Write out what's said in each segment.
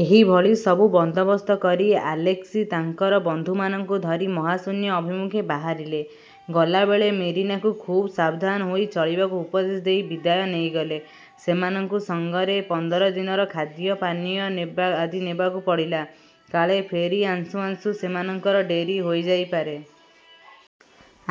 ଏହିଭଳି ସବୁ ବନ୍ଦୋବସ୍ତ କରି ଆଲେସ୍କି ତାଙ୍କର ବନ୍ଧୁମାନଙ୍କୁ ଧରି ମହାଶୂନ୍ୟ ଅଭିମୁଖେ ବାହାରିଲେ।। ଗଲାବେଳେ ମେରିନାକୁ ଖୁବ୍ ସାବଧାନ ହୋଇ ଚଳିବାକୁ ଉପଦେଶ ଦେଇ ବିଦାୟ ନେଇଗଲେ। ସେମାନଙ୍କୁ ସଙ୍ଗରେ ପନ୍ଦର ଦିନର ଖାଦ୍ୟ ପାନୀୟ ଆଦି ନେବାକୁ ପଡ଼ିଲା; କାଳେ ଫେରି ଆସୁଁ ଆସୁଁ ସେମାନଙ୍କର ଡେରି ହୋଇ ଯାଇପାରେ।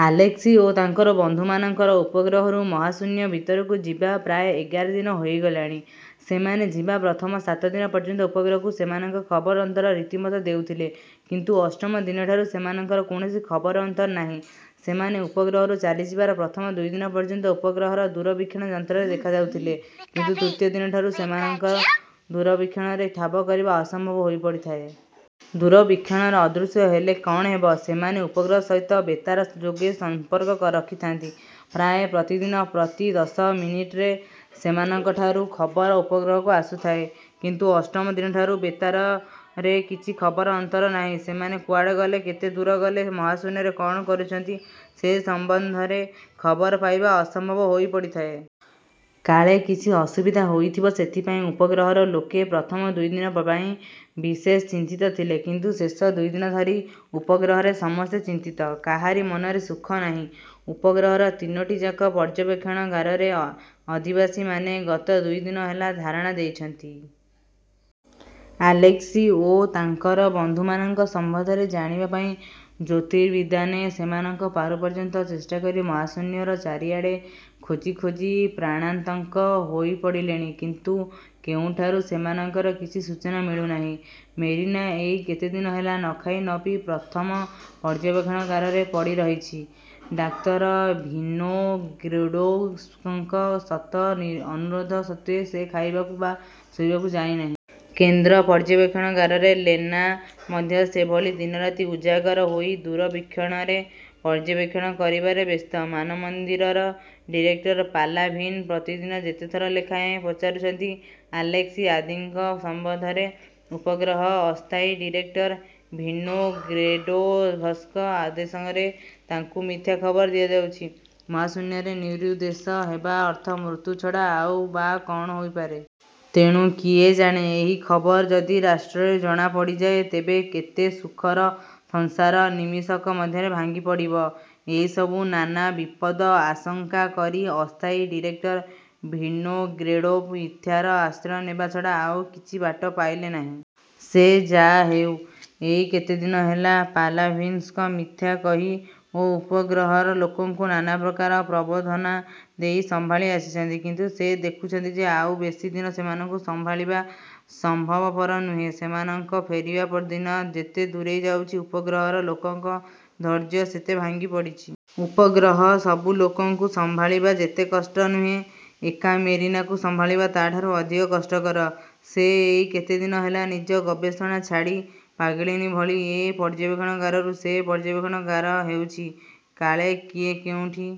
ଆଲେସ୍କି ଓ ତାଙ୍କର ବନ୍ଧୁମାନଙ୍କର ଉପଗ୍ରହରୁ ମହାଶୂନ୍ୟ ଭିତରକୁ ଯିବା ପ୍ରାୟ ଏଗାରଦିନ ହୋଇଗଲାଣି। ସେମାନେ ଯିବା ପ୍ରଥମ ସାତଦିନ ପର୍ଯ୍ୟନ୍ତ ଉପଗ୍ରହକୁ ସେମାନଙ୍କ ଖବର ଅନ୍ତର ରୀତିମତ ଦେଉଥିଲେ; କିନ୍ତୁ ଅଷ୍ଟମ ଦିନଠାରୁ ସେମାନଙ୍କର କୌଣସି ଖବର ଅନ୍ତର ନାହିଁ। ସେମାନେ ଉପଗ୍ରହରୁ ଚାଲିଯିବାର ପ୍ରଥମ ଦୁଇଦିନ ପର୍ଯ୍ୟନ୍ତ ଉପଗ୍ରହର ଦୂରବୀକ୍ଷଣ ଯନ୍ତ୍ରରେ ଦେଖାଯାଉଥିଲେ; କିନ୍ତୁ ତୃତୀୟ ଦିନଠାରୁ ସେମାନଙ୍କୁ ଦୂରବୀକ୍ଷଣରେ ଠାବ କରିବା ଅସମ୍ଭବ ହୋଇପଡ଼ିଥାଏ। ଦୂରବୀକ୍ଷଣରେ ଅଦୃଶ୍ୟ ହେଲେ କ'ଣ ହେବ, ସେମାନେ ଉପଗ୍ରହ ସହିତ ବେତାର ଯୋଗେ ସଂପର୍କ ରଖିଥାନ୍ତି। ପ୍ରାୟ ପ୍ରତିଦିନ ପ୍ରତି ଦଶ ମିନିଟ୍ରେ ସେମାନଙ୍କଠାରୁ ଖବର ଉପଗ୍ରହକୁ ଆସୁଥାଏ; କିନ୍ତୁ ଅଷ୍ଟମ ଦିନଠାରୁ ବେତାରରେ କିଛି ଖବର–ଅନ୍ତର ନାହିଁ। ସେମାନେ କୁଆଡ଼େ ଗଲେ, କେତେ ଦୂର ଗଲେ, ମହାଶୂନ୍ୟରେ କ'ଣ କରୁଛନ୍ତି, ସେ ସମ୍ବନ୍ଧରେ ଖବର ପାଇବା ଅସମ୍ଭବ ହୋଇପଡ଼ିଥାଏ। କାଳେ କିଛି ଅସୁବିଧା ହୋଇଥିବ, ସେଥିପାଇଁ ଉପଗ୍ରହର ଲୋକେ ପ୍ରଥମ ଦୁଇଦିନ ପାଇଁ ବିଶେଷ ଚିନ୍ତିତ ଥିଲେ। କିନ୍ତୁ ଶେଷ ଦୁଇଦିନ ଧରି ଉପଗ୍ରହରେ ସମସ୍ତେ ଚିନ୍ତିତ। କାହାରି ମନରେ ସୁଖ ନାହିଁ, ଉପଗ୍ରହର ତିନୋଟିଯାକ ପର୍ଯ୍ୟବେକ୍ଷଣାଗାରରେ ଅଧିବାସୀମାନେ ଗତ ଦୁଇଦିନ ହେଲା ଧାରଣା ଦେଇଛନ୍ତି-। ଆଲେସ୍କି ଓ ତାଙ୍କର ବନ୍ଧୁମାନଙ୍କ ସମ୍ବନ୍ଧରେ ଜାଣିବା ପାଇଁ ଜ୍ୟୋତିର୍ବିଦ୍ମାନେ ସେମାନଙ୍କ ପାରୁପର୍ଯ୍ୟନ୍ତ ଚେଷ୍ଟାକରି ମହାଶୂନ୍ୟର ଚାରିଆଡ଼େ ଖୋଜି ଖୋଜି ପ୍ରାଣାନ୍ତକ ହୋଇପଡ଼ିଲେଣି; କିନ୍ତୁ କେଉଁଠାରୁ ସେମାନଙ୍କର କିଛି ସୂଚନା ମିଳୁନାହିଁ। ମେରିନା ଏଇ କେତେଦିନ ହେଲା ନଖାଇ ନପିଇ ପ୍ରଥମ ପର୍ଯ୍ୟବେକ୍ଷଣାଗାରରେ ପଡ଼ିରହିଛି। ଡାକ୍ତର ଭିନୋଗ୍ରେଡ଼ୋଭ୍ଙ୍କ ଶତ ଅନୁରୋଧ ସତ୍ତ୍ୱେ ସେ ଖାଇବାକୁ ବା ଶୋଇବାକୁ ଯାଇନାହିଁ। କେନ୍ଦ୍ର ପର୍ଯ୍ୟବେକ୍ଷଣାଗାରରେ ଲେନା ମଧ୍ୟ ସେଭଳି ଦିନରାତି ଉଜାଗର ହୋଇ ଦୂରବୀକ୍ଷଣରେ ପର୍ଯ୍ୟବେକ୍ଷଣ କରିବାରେ ବ୍ୟସ୍ତ। ମାନମନ୍ଦିରର ଡିରେକ୍ଟର ପାଲାଭିନ୍ ପ୍ରତିଦିନ ଯେତେଥର ଲେଖାଏଁ ପଚାରୁଛନ୍ତି ଆଲେସ୍କି ଆଦିଙ୍କ ସମ୍ବନ୍ଧରେ, ଉପଗ୍ରହର ଅସ୍ଥାୟୀ ଡିରେକ୍ଟର ଭିନୋଗ୍ରେଡ଼ୋଭ୍ଙ୍କ ଆଦେଶରେ ତାଙ୍କୁ ମିଥ୍ୟା ଖବର ଦିଆଯାଉଛି। ମହାଶୂନ୍ୟରେ ନିରୁଦ୍ଦେଶ ହେବା ଅର୍ଥ ମୃତ୍ୟୁ ଛଡ଼ା ଆଉ ବା କ'ଣ ହୋଇପାରେ? ତେଣୁ କିଏ ଜାଣେ ଏହି ଖବର ଯଦି ରାଷ୍ଟ୍ରରେ ଜଣା ପଡ଼ିଯାଏ, ତେବେ କେତେ ସୁଖର ସଂସାର ନିମିଷକ ମଧ୍ୟରେ ଭାଙ୍ଗିପଡ଼ିବ। ଏହିସବୁ ନାନା ବିପଦ ଆଶଙ୍କା କରି ଅସ୍ଥାୟୀ ଡିରେକ୍ଟର ଭିନୋଗ୍ରେଡ଼ୋଭ୍ ମିଥ୍ୟାର ଆଶ୍ରୟ ନେବା ଛଡ଼ା ଆଉ କିଛି ବାଟ ପାଇଲେ ନାହିଁ। ସେ ଯା' ହେଉ, ଏଇ କେତେଦିନ ହେଲା ପାଲାଭିନ୍ଙ୍କୁ ମିଥ୍ୟା କହି ଓ ଉପଗ୍ରହର ଲୋକଙ୍କୁ ନାନାପ୍ରକାର ପ୍ରବୋଧନା ଦେଇ ସମ୍ଭାଳି ଆସିଛନ୍ତି। କିନ୍ତୁ ସେ ଦେଖୁଛନ୍ତି ଯେ, ଆଉ ବେଶୀ ଦିନ ସେମାନଙ୍କୁ ସମ୍ଭାଳିବା ସମ୍ଭବପର ନୁହେଁ। ସେମାନଙ୍କ ଫେରିବା ଦିନ ଯେତେ ଦୂରେଇ ଯାଉଛି, ଉପଗ୍ରହର ଲୋକଙ୍କ ଧୈର୍ଯ୍ୟ ସେତେ ଭାଙ୍ଗି ପଡ଼ିଛି। ଉପଗ୍ରହର ସବୁ ଲୋକଙ୍କୁ ସମ୍ଭାଳିବା ଯେତେ କଷ୍ଟ ନୁହେଁ, ଏକା ମେରିନାକୁ ସମ୍ଭାଳିବା ତା' ଠାରୁ ଅଧିକ କଷ୍ଟକର। ସେ ଏଇ କେତେଦିନ ହେଲା ନିଜ ଗବେଷଣା ଛାଡ଼ି ପାଗଳିନୀ ଭଳି ଏ ପର୍ଯ୍ୟବେକ୍ଷଣାଗାରରୁ ସେ ପର୍ଯ୍ୟବେକ୍ଷଣାଗାର ହେଉଛି। କାଳେ କିଏ କେଉଁଠି